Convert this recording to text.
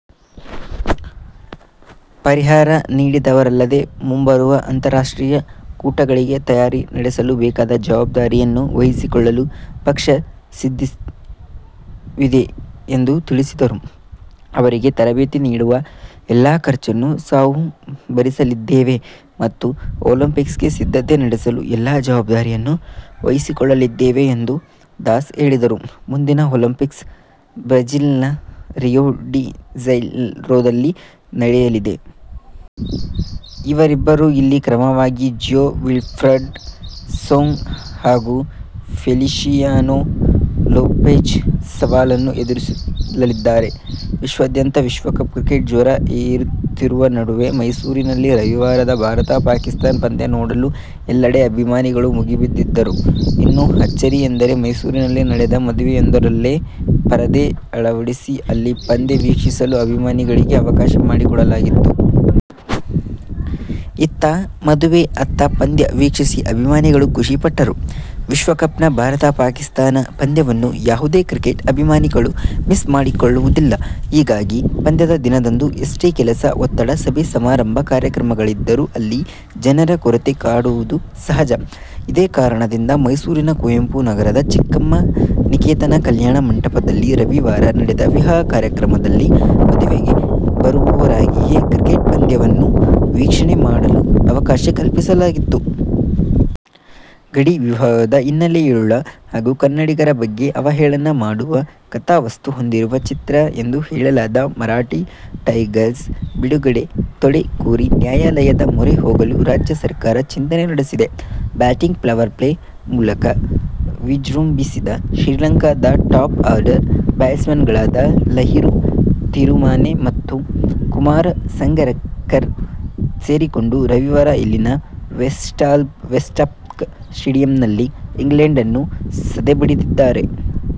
ಪರಿಹಾರ ನೀಡಿದರಲ್ಲದೇ ಮುಂಬರುವ ಅಂತಾರಾಷ್ಟ್ರೀಯ ಕೂಟಗಳಿಗೆ ತಯಾರಿ ನಡೆಸಲು ಬೇಕಾದ ಜವಾಬ್ದಾರಿಯನ್ನು ವಹಿಸಿಕೊಳ್ಳಲು ಪಕ್ಷ ಸಿದ್ಧವಿದೆ ಎಂದು ತಿಳಿಸಿದರು. ಅವರಿಗೆ ತರಬೇತಿ ನೀಡುವ ಎಲ್ಲ ಖರ್ಚನ್ನು ನಾವು ಭರಿಸಲಿದ್ದೇವೆ ಮತ್ತು ಒಲಿಂಪಿಕ್ಸ್ಗೆ ಸಿದ್ಧತೆ ನಡೆಸಲು ಎಲ್ಲ ಜವಾಬ್ದಾರಿಯನ್ನು ವಹಿಸಿಕೊಳ್ಳಲಿದ್ದೇವೆ ಎಂದು ದಾಸ್ ಹೇಳಿದರು. ಮುಂದಿನ ಒಲಿಂಪಿಕ್ಸ್ ಬ್ರಝಿಲ್ನ ರಿಯೊ ಡಿ ಜನೈರೊದಲ್ಲಿ ನಡೆಯಲಿದೆ. ಇವರಿಬ್ಬರು ಇಲ್ಲಿ ಕ್ರಮವಾಗಿ ಜೋ ವಿಲ್ಫ್ರೆಡ್ ಸೋಂಗ ಹಾಗೂ ಫೆಲಿಶಿಯಾನೊ ಲೋಪೆಜ್ ಸವಾಲನ್ನು ಎದುರಿಸಲಿದ್ದಾರೆ. ವಿಶ್ವಾದ್ಯಂತ ವಿಶ್ವಕಪ್ ಕ್ರಿಕೆಟ್ ಜ್ವರ ಏರುತ್ತಿರುವ ನಡುವೆ ಮೈಸೂರಿನಲ್ಲಿ ರವಿವಾರದ ಭಾರತ-ಪಾಕಿಸ್ಥಾನ ಪಂದ್ಯ ನೋಡಲು ಎಲ್ಲೆಡೆ ಅಭಿಮಾನಿಗಳು ಮುಗಿಬಿದ್ದಿದ್ದರು. ಇನ್ನೂ ಅಚ್ಚರಿ ಎಂದರೆ ಮೈಸೂರಿನಲ್ಲಿ ನಡೆದ ಮದುವೆಯೊಂದರಲ್ಲೇ ಪರದೆ ಅಳವಡಿಸಿ ಅಲ್ಲಿ ಪಂದ್ಯ ವೀಕ್ಷಿಸಲು ಅಭಿಮಾನಿಗಳಿಗೆ ಅವಕಾಶ ಮಾಡಿಕೊಡಲಾಗಿತ್ತು. ಇತ್ತ ಮದುವೆ, ಅತ್ತ ಪಂದ್ಯ ವೀಕ್ಷಿಸಿ ಅಭಿಮಾನಿಗಳು ಖುಷಿಪಟ್ಟರು. ವಿಶ್ವ ಕಪ್ನ ಭಾರತ-ಪಾಕಿಸ್ಥಾನ ಪಂದ್ಯವನ್ನು ಯಾವುದೇ ಕ್ರಿಕೆಟ್ ಅಭಿಮಾನಿಗಳು ಮಿಸ್ ಮಾಡಿಕೊಳ್ಳು ವುದಿಲ್ಲ. ಹೀಗಾಗಿ ಪಂದ್ಯದ ದಿನದಂದು ಎಷ್ಟೇ ಕೆಲಸ, ಒತ್ತಡ, ಸಭೆ, ಸಮಾರಂಭ, ಕಾರ್ಯಕ್ರಮಗಳಿದ್ದರೂ ಅಲ್ಲಿ ಜನರ ಕೊರತೆ ಕಾಡುವುದು ಸಹಜ. ಇದೇ ಕಾರಣದಿಂದ ಮೈಸೂರಿನ ಕುವೆಂಪುನಗರದ ಚಿಕ್ಕಮ್ಮಾ ನಿಕೇತನ ಕಲ್ಯಾಣ ಮಂಟಪದಲ್ಲಿ ರವಿವಾರ ನಡೆದ ವಿವಾಹ ಕಾರ್ಯಕ್ರಮದಲ್ಲಿ ಮದುವೆಗೆ ಬರುವವರಿಗಾಗಿಯೇ ಕ್ರಿಕೆಟ್ ಪಂದ್ಯವನ್ನು ವೀಕ್ಷಣೆ ಮಾಡಲು ಅವಕಾಶ ಕಲ್ಪಿಸಲಾಗಿತ್ತು. ಗಡಿ ವಿವಾದದ ಹಿನ್ನೆಲೆಯುಳ್ಳ ಹಾಗೂ ಕನ್ನಡಿಗರ ಬಗ್ಗೆ ಅವಹೇಳನ ಮಾಡುವ ಕಥಾವಸ್ತು ಹೊಂದಿರುವ ಚಿತ್ರ ಎಂದು ಹೇಳಲಾದ "ಮರಾಠಿ ಟೈಗರ್ಸ್' ಬಿಡುಗಡೆಗೆ ತಡೆ ಕೋರಿ ನ್ಯಾಯಾಲಯದ ಮೊರೆ ಹೋಗಲು ರಾಜ್ಯ ಸರ್ಕಾರ ಚಿಂತನೆ ನಡೆಸಿದೆ. ಬ್ಯಾಟಿಂಗ್ ಪವರ್-ಪ್ಲೇ ಮೂಲಕ ವಿಜೃಂಭಿಸಿದ ಶ್ರೀಲಂಕಾದ ಟಾಪ್ ಆರ್ಡರ್ ಬ್ಯಾಟ್ಸ್ಮನ್ಗಳಾದ ಲಹಿರು ತಿರಿಮಾನೆ ಮತ್ತು ಕುಮಾರ ಸಂಗಕ್ಕರ ಸೇರಿಕೊಂಡು ರವಿವಾರ ಇಲ್ಲಿನ "ವೆಸ್ಟ್ಪಾಕ್ ಸ್ಟೇಡಿಯಂ'ನಲ್ಲಿ ಇಂಗ್ಲೆಂಡನ್ನು ಸದೆಬಡಿದಿದ್ದಾರೆ.